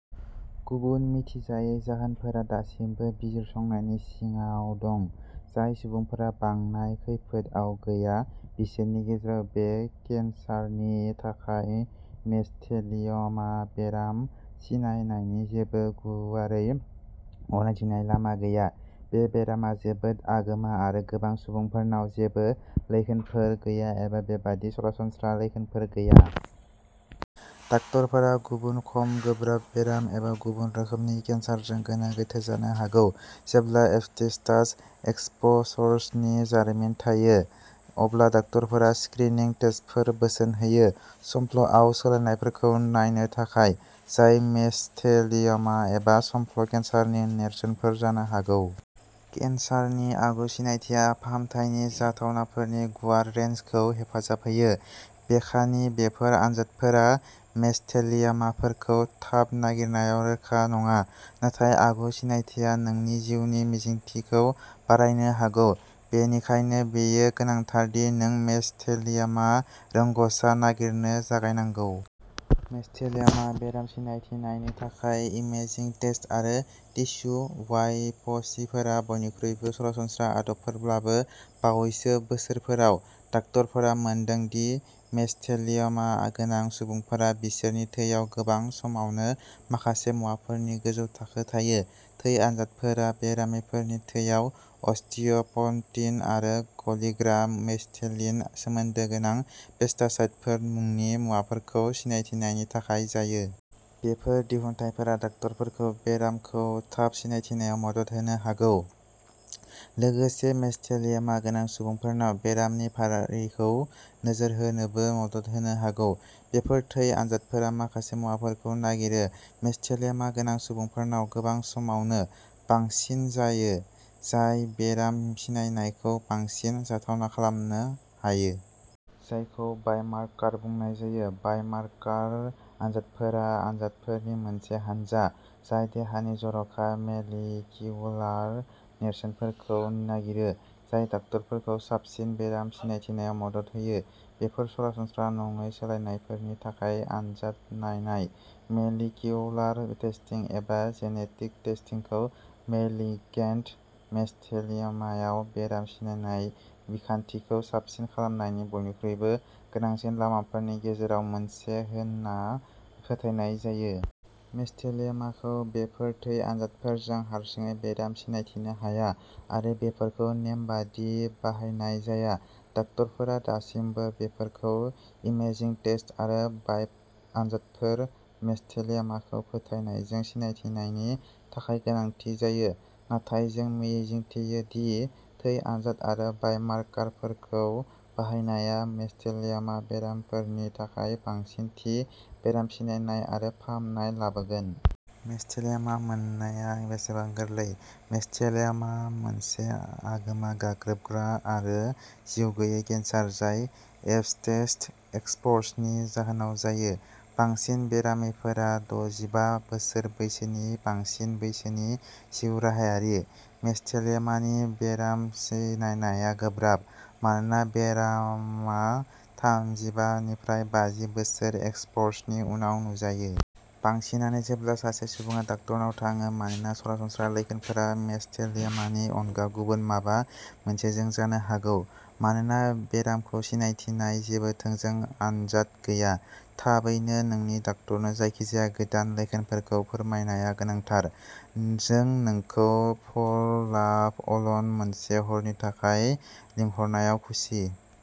गुबुन मिथिजायै जाहोनफोरा दासिमबो बिजिरसंनायनि सिङाव दं। जाय सुबुंफोरा बांनाय खैफोदआव गैया बिसोरनि गेजेराव बे केन्सारनि थाखाय मेस'थेलिय'मा बेराम सिनायनायनि जेबो गुवारै गनायथिनाय लामा गैया। बे बेरामा जोबोद आगोमा आरो गोबां सुबुंफोरनाव जेबो लैखोनफोर गैया एबा बेबादि सरासनस्रा लैखोनफोर गैया। डाक्टारफोरा गुबुन खम गोब्राब बेराम एबा गुबुन रोखोमनि केन्सारजों गोनो गोथो जानो हागौ। जेब्ला एस्बेस्टस एक्सप'सरसनि जारिमिन थायो अब्ला डक्टरफोरा स्क्रिनिं टेस्टफोर बोसोन होयो। संफ्ल'आव सोलायनायफोरखौ नायनो थाखाय जाय मेस'थेलिय'मा एबा संफ्ल' केन्सारनि नेरसोनफोर जानो हागौ। केनसारनि आगु सिनायथिया फाहामथायनि जाथावनाफोरनि गुवार रेनजखौ हेफाजाब होयो। बेखानि बेफोर आनजादफोरा मेस'थेलिय'माफोरखौ थाब नागिरनायाव रोखा नङा। नाथाय आगु सिनायथिया नोंनि जिउनि मिजिंथिखौ बारायनो हागौ। बेनिखायनो बेयो गोनांथार दि नों मेस'थेलिय'मा रोंग'सा नागिरनो जागायनांगौ। मेस'थेलिय'मा बेराम सिनायनायनि थाखाय इमेजिं टेस्ट आरो टिस्यु बाय'पसीफोरा बयनिख्रुइबो सरासनस्रा आदबफोरब्लाबो, बावैसो बोसोरफोराव डक्टरफोरा मोनदों दि मेस'थेलिय'मा गोनां सुबुंफोरा बिसोरनि थैयाव गोबां समावनो माखासे मुवाफोरनि गोजौ थाखो थायो। थै आनजादफोरा बेरामिफोरनि थैयाव अस्टिय' पन्टिन आरो गलिग्रा मेस'थेलिन सोमोन्दो गोनां पेप्टाइडफोर मुंनि मुवाफोरखौ सिनायथिनायनि थाखाय जायो। बेफोर दिहुनथायफोरा डाक्टारफोरखौ बेरामखौ थाब सिनायथिनायाव मदद होनो हागौ। लोगोसे मेस'थेलिय'मा गोनां सुबुंफोरनाव बेरामनि फारिखौ नोजोर होनोबो मदद होनो हागौ। बेफोर थै आनजादफोरा माखासे मुवाफोरखौ नागिरो। मेस'थेलिय'मा गोनां सुबुंफोरनाव गोबां समावनो बांसिन जायो जाय बेराम सिनायनायखौ बांसिन जाथावना खालामनो हायो। जायखौ बाय'मार्कार बुंनाय जायो। बाय'मार्कार आनजादफोरा आनजादफोरनि मोनसे हानजा जाय देहानि जर'खा मलिकिउलार नेरसोनफोरखौ नागिरो। जाय डाक्टारफोरखौ साबसिन बेराम सिनायथिनायाव मदद होयो। बेफोर सरासनस्रा नङै सोलायनायफोरनि थाखाय आनजाद नायनाय मलिकिउलार टेस्टिं एबा जेनेटिक टेस्टिं खौ मैलिगेन्ट मेस'थेलिय'मायाव बेराम सिनायनाय बिखान्थिखौ साबसिन खालामनायनि बयनिख्रुइबो गोनांसिन लामाफोरनि गेजेराव मोनसे होनना फोथायनाय जायो। मेस'थेलिय'माखौ बेफोर थै आनजादफोरजों हारसिङै बेराम सिनायथिनो हाया आरो बेफोरखौ नेमबादि बाहायनाय जाया। डाक्टारफोरा दासिमबो बेफोरखौ इमेजिं टेस्ट आरो बाय'प आनजादफोर मेस'थेलिय'माखौ फोथायनायजों सिनायथिनायनि थाखाय गोनांथि जायो। नाथाय जों मिजिंथियो दि थै आनजाद आरो बाय'मारकारफोरखौ बाहायनाया मेस'थेलिय'मा बेरामिफोरनि थाखाय बांसिन थि बेराम सिनायनाय आरो फाहामनाय लाबोगोन। मेस'थेलिय'मा मोननाया बेसेबां गोरलै? मेस'थेलिय'मा मोनसे आगोमा गाग्लोबग्रा आरो जिउगैयै केन्सार जाय एबस्टेस एक्सप'सर्सनि जाहोनाव जायो। बांसिन बेरामिफोरा द’जिबा बोसोर बैसोनि बांसिन बैसोनि जिउ राहायारि। मेस'थेलिय'मानि बेराम सिनायनाया गोब्राब। मानोना बेरामा थामजिबा निफ्राय बाजि बोसोर एक्सप'रसनि उनाव नुजायो। बांसिनानो जेब्ला सासे सुबुङा डाक्टारनाव थाङो मानोना सरासनस्रा लैखोनफोरा मेस'थेलिय'मानि अनगा गुबुन माबा मोनसेजों जानो हागौ। मानोना बेरामखौ सिनायथिनाय जेबो थोंजों आनजाद गैया। थाबैनो नोंनि डक्टरनो जायखिजाया गोदान लैखोनफोरखौ फोरमायनाया गोनांथार। जों नोंखौ फर लाभ अल'न, मोनसे हरनि थाखाय लिंहरनायाव खुसि।